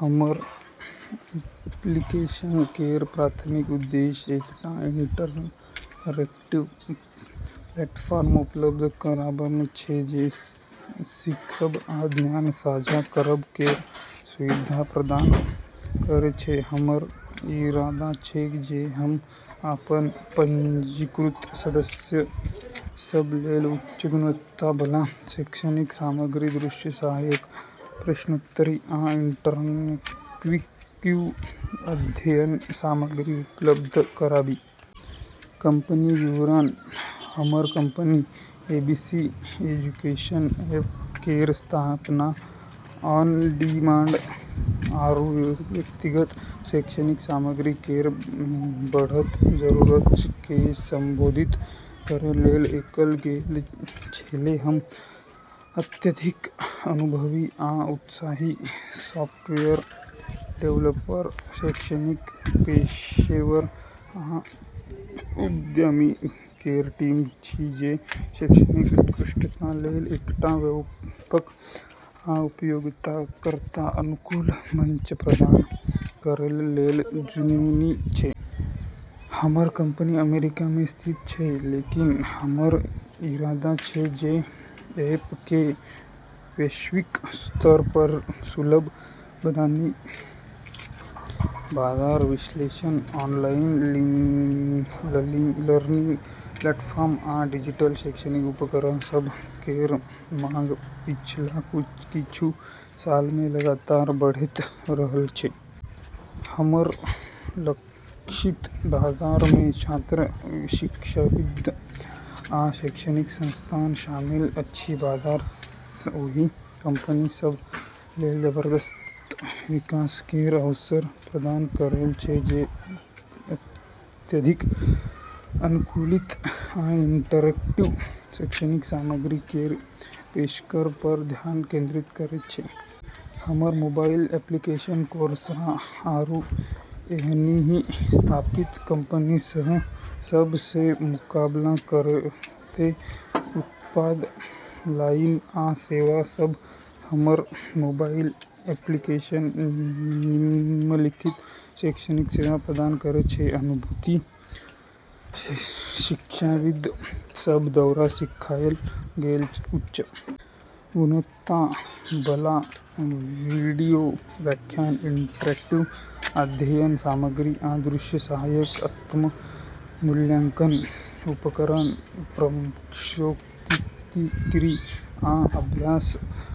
हमर एप्लीकेशन केर प्राथमिक उद्देश्य एकटा इंटरैक्टिव प्लेटफॉर्म उपलब्ध कराबब छै जे सिखब आ ज्ञान-साझा करब केर सुविधा प्रदान करै छै। हमर इरादा छै जे हम अपन पंजीकृत सदस्य सभ लेल उच्च गुणवत्ता बला शैक्षणिक सामग्री, दृश्य सहायक, प्रश्नोत्तरी, आ इंटरैक्टिव अध्ययन सामग्री उपलब्ध कराबी। कंपनी विवरण: हमर कंपनी, एबीसी एजुकेशन ऐप, केर स्थापना ऑन-डिमांड आरू व्यक्तिगत शैक्षिक सामग्री केर बढ़त जरूरत केँ संबोधित करै लेल कएल गेल छेलै। हम अत्यधिक अनुभवी आ उत्साही सॉफ्टवेयर डेवलपर, शैक्षिक पेशेवर, आ उद्यमी केर टीम छी जे शैक्षणिक उत्कृष्टता लेल एकटा व्यापक आ उपयोगकर्ता-अनुकूल मंच प्रदान करै लेल जुनूनी छै। हमर कंपनी अमेरिका मे स्थित छै, लेकिन हमर इरादा छै जे ऐप केँ वैश्विक स्तर पर सुलभ बनाबी। बाजार विश्लेषण: ऑनलाइन लर्निंग प्लेटफॉर्म आ डिजिटल शैक्षिक उपकरण सभ केर माँग पिछला किछु साल मे लगातार बढ़ैत रहल छै। हमर लक्षित बाजार मे छात्र, शिक्षाविद, आ शैक्षणिक संस्थान शामिल अछि। बाजार ओहि कंपनी सभ लेल जबरदस्त विकास केर अवसर प्रदान करैत छै जे अत्यधिक अनुकूलित आ इंटरैक्टिव शैक्षिक सामग्री केर पेशकश पर ध्यान केंद्रित करैत छै। हमर मोबाइल एप्लीकेशन कोर्सरा, आरू एहनहि स्थापित कंपनी सभ सँ मुकाबला करतै। उत्पाद लाइन आ सेवा सभ: हमर मोबाइल एप्लीकेशन निम्नलिखित शैक्षिक सेवा प्रदान करैत छै: अनुभवी शिक्षाविद सभ द्वारा सिखाएल गेल उच्च गुणवत्ता बला वीडियो व्याख्यान - इंटरैक्टिव अध्ययन सामग्री आ दृश्य सहायक- आत्म-मूल्यांकन उपकरण, प्रश्नोत्तरी, आ अभ्यास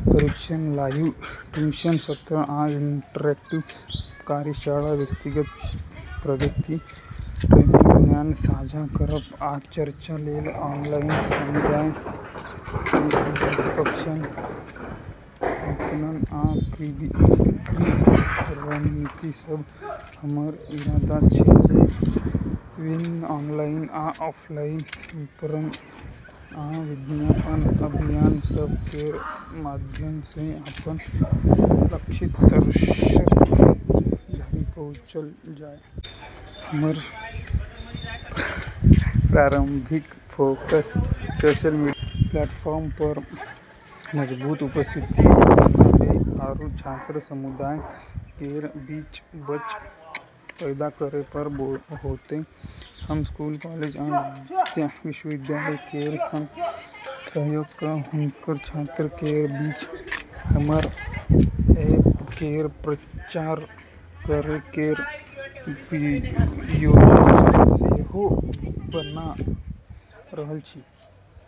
परीक्षण- लाइव ट्यूशन सत्र आ इंटरैक्टिव कार्यशाला - व्यक्तिगत प्रगति ट्रैकिंग- ज्ञान-साझा करब आ चर्चा लेल ऑनलाइन समुदाय- विपणन आ बिक्री रणनीति सभ: हमर इरादा छै जे विभिन्न ऑनलाइन आ ऑफलाइन विपणन आ विज्ञापन अभियान सभ केर माध्यम सँ अपन लक्षित दर्शक धरि पहुँचल जाय। हमर प्रारंभिक फोकस सोशल मीडिया प्लेटफॉर्म पर मजबूत उपस्थिति बनाबै आरू छात्र समुदाय केर बीच बज़ पैदा करै पर होतै। हम स्कूल, कॉलेज, आ विश्वविद्यालय केर संग सहयोग कऽ हुनकर छात्र केर बीच हमर ऐप केर प्रचार करै केर योजना सेहो बना रहल छी।